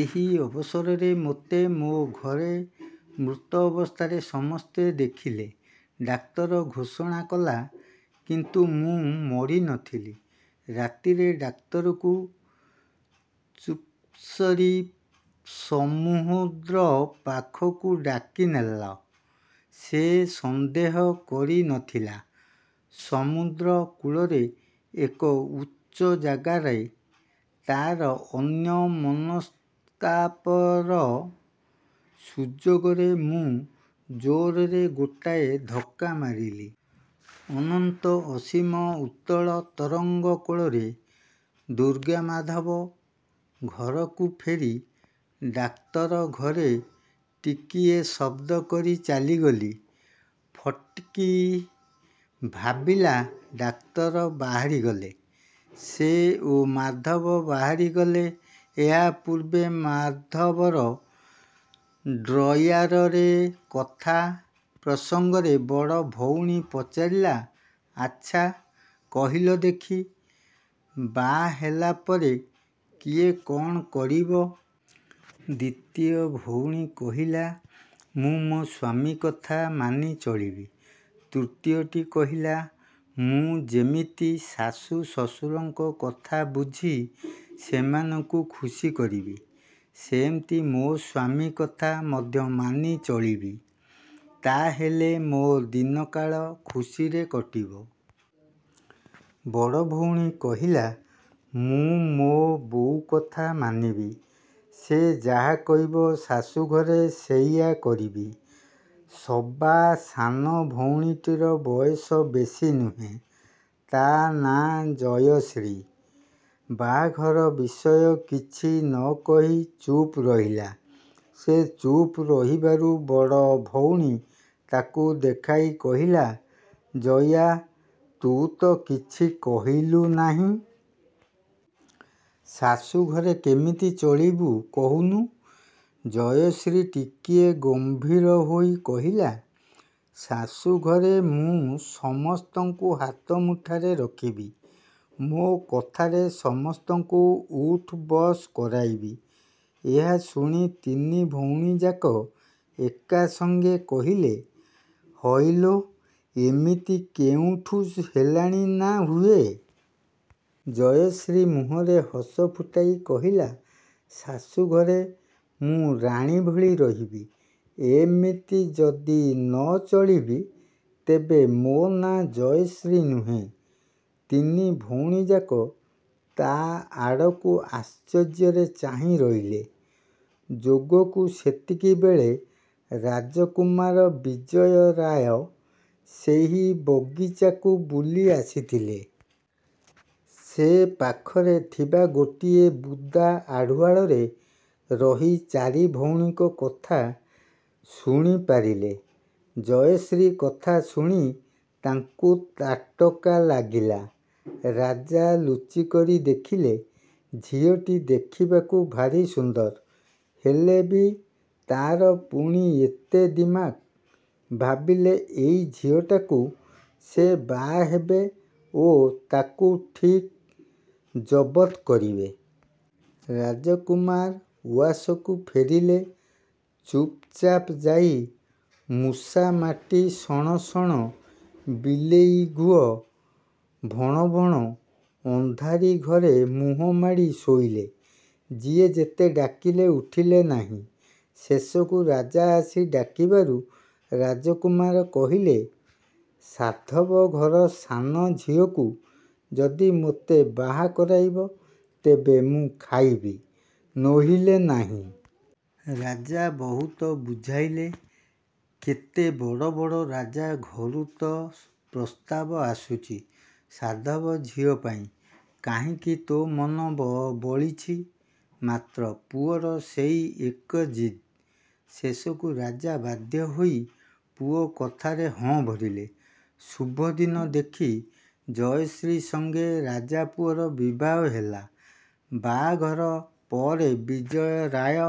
ଏହି ଅବସରରେ ମୋତେ ମୋ ଘରେ ମୃତ ଅବସ୍ଥାରେ ସମସ୍ତେ ଦେଖିଲେ। ଡାକ୍ତର ଘୋଷଣା କଲା, କିନ୍ତୁ ମୁଁ ମରି ନ ଥିଲି। ରାତିରେ ଡାକ୍ତରକୁ ଚୁପ୍କରି ସମୁଦ୍ର ପାଖକୁ ଡାକିନେଲ। ସେ ସନ୍ଦେହ କରି ନ ଥିଲା। ସମୁଦ୍ର କୂଳରେ ଏକ ଉଚ୍ଚ ଜାଗାରେ ତା'ର ଅନ୍ୟମନସ୍କତାର ସୁଯୋଗରେ ମୁଁ ଜୋରରେ ଗୋଟାଏ ଧକ୍କା ମାରିଲି। ଅନନ୍ତ ଅସୀମ ଉତ୍ତଳ ତରଙ୍ଗ କୋଳରେ ଦୁର୍ଗାମାଧବ। ଘରକୁ ଫେରି, ଡାକ୍ତର ଘରେ ଟିକିଏ ଶବ୍ଦ କରି ଚାଲିଗଲି। ଫଟିକ୍ ଭାବିଲା ଡାକ୍ତର ବାହାରିଗଲେ। ସେ ଓ ମାଧବ ବାହାରିଗଲେ। ଏହା ପୂର୍ବେ ମାଧବର ଡ୍ରୟାରରେ। କଥା ପ୍ରସଙ୍ଗରେ ବଡ଼ ଭଉଣୀ ପଚାରିଲା- ''ଆଚ୍ଛା କହିଲ ଦେଖି, ବାହାହେଲାପରେ କିଏ କ'ଣ କରିବ? '' ଦ୍ୱିତୀୟ ଭଉଣୀ କହିଲା- 'ମୁଁ ମୋ ସ୍ୱାମୀ କଥା ମାନି ଚଳିବି। ' ତୃତୀୟଟି କହିଲା- 'ମୁଁ ଯେମିତି ଶାଶୂ ଶ୍ୱଶୁରଙ୍କ କଥା ବୁଝି ସେମାନଙ୍କୁ ଖୁସିକରିବି, ସେମିତି ମୋ ସ୍ୱାମୀ କଥା ମଧ୍ୟ ମାନି ଚଳିବି। ତା'ହେଲେ ମୋ ଦିନକାଳ ଖୁସିରେ କଟିବ। ' ବଡ଼ ଭଉଣୀ କହିଲା- ''ମୁଁ ମୋ ବୋଉ କଥା ମାନିବି। ସେ ଯାହା କହିବ, ଶାଶୂଘରେ ସେଇଆ କରିବି। '' ସବା ସାନ ଭଉଣୀଟିର ବୟସ ବେଶି ନୁହେଁ। ତା' ନାଁ ଜୟଶ୍ରୀ। ବାହାଘର ବିଷୟ କିଛି ନ କହି ଚୁପ୍ ରହିଲା। ସେ ଚୁପ୍ ରହିବାରୁ ବଡ଼ ଭଉଣୀ ତାକୁ ଦେଖାଇ କହିଲା- ''ଜୟା, ତୁ ତ କିଛି କହିଲୁ ନାହିଁ। ଶାଶୂଘରେ କେମିତି ଚଳିବୁ କହୁନୁ। '' ଜୟଶ୍ରୀ ଟିକିଏ ଗମ୍ଭୀରହୋଇ କହିଲା- 'ଶାଶୂଘରେ ମୁଁ ସମସ୍ତଙ୍କୁ ହାତମୁଠାରେ ରଖିବି। ମୋ କଥାରେ ସମସ୍ତଙ୍କୁ ଉଠ୍ ବସ୍ କରାଇବି। ' ଏହା ଶୁଣି ତିନି ଭଉଣୀଯାକ ଏକା ସଙ୍ଗେ କହିଲେ- ''ହଇଲୋ, ଏମିତି କେଉଁଠି ହେଲାଣି ନା ହୁଏ? '' ଜୟଶ୍ରୀ ମୁହଁରେ ହସ ଫୁଟାଇ କହିଲା, ''ଶାଶୂଘରେ ମୁଁ ରାଣୀଭଳି ରହିବି। ଏମିତି ଯଦି ନ ଚଳିବି, ତେବେ ମୋ ନାଁ ଜୟଶ୍ରୀ ନୁହେଁ। '' ତିନି ଭଉଣୀଯାକ ତା' ଆଡ଼କୁ ଆଶ୍ଚର୍ଯ୍ୟରେ ଚାହିଁ ରହିଲେ। ଯୋଗକୁ ସେତିକିବେଳେ ରାଜକୁମାର ବିଜୟ ରାୟ ସେହି ବଗିଚାକୁ ବୁଲି ଆସିଥିଲେ। ସେ ପାଖରେ ଥିବା ଗୋଟିଏ ବୁଦା ଆଢ଼ୁଆଳରେ ରହି ଚାରି ଭଉଣୀଙ୍କ କଥା ଶୁଣିପାରିଲେ। ଜୟଶ୍ରୀ କଥା ଶୁଣି ତାଙ୍କୁ ତାଟକା ଲାଗିଲା। ରାଜା ଲୁଚିକରି ଦେଖିଲେ, ଝିଅଟି ଦେଖିବାକୁ ଭାରି ସୁନ୍ଦର। ହେଲେ ବି ତା'ର ପୁଣି ଏତେ ଦିମାକ୍। ଭାବିଲେ, ଏଇ ଝିଅଟାକୁ ସେ ବାହା ହେବେ ଓ ତାକୁ ଠିକ୍ ଜବତ୍ କରିବେ। ରାଜକୁମାର ଉଆସକୁ ଫେରିଲେ। ଚୁପ୍ ଚାପ୍ ଯାଇ ମୂଷାମାଟି ସଣ ସଣ, ବିଲେଇ ଘୁଅ ଭଣଭଣ ଅନ୍ଧାରି ଘରେ ମୁହଁ ମାଡ଼ି ଶୋଇଲେ। ଯିଏ ଯେତେ ଡାକିଲେ ଉଠିଲେନାହିଁ। ଶେଷକୁ ରାଜା ଆସି ଡାକିବାରୁ ରାଜକୁମାର କହିଲେ- ''ସାଧବ ଘର ସାନ ଝିଅକୁ ଯଦି ମୋତେ ବାହା କରାଇବ, ତେବେ ମୁଁ ଖାଇବି, ନୋହିଲେ ନାହିଁ। '' ରାଜା ବହୁତ ବୁଝାଇଲେ-କେତେ ବଡ଼ ବଡ଼ ରାଜା ଘରୁ ତ ପ୍ରସ୍ତାବ ଆସୁଛି-ସାଧବ ଝିଅ ପାଇଁ କାହିଁକି ତୋ ମନ ବଳିଛି? ମାତ୍ର ପୁଅର ସେଇ ଏକ ଜିଦ୍। ଶେଷକୁ ରାଜା ବାଧ୍ୟ ହୋଇ ପୁଅ କଥାରେ ହଁ ଭରିଲେ। ଶୁଭଦିନ ଦେଖି ଜୟଶ୍ରୀ ସଙ୍ଗେ ରଜାପୁଅର ବିବାହ ହେଲା। ବାହାଘର ପରେ ବିଜୟ ରାୟ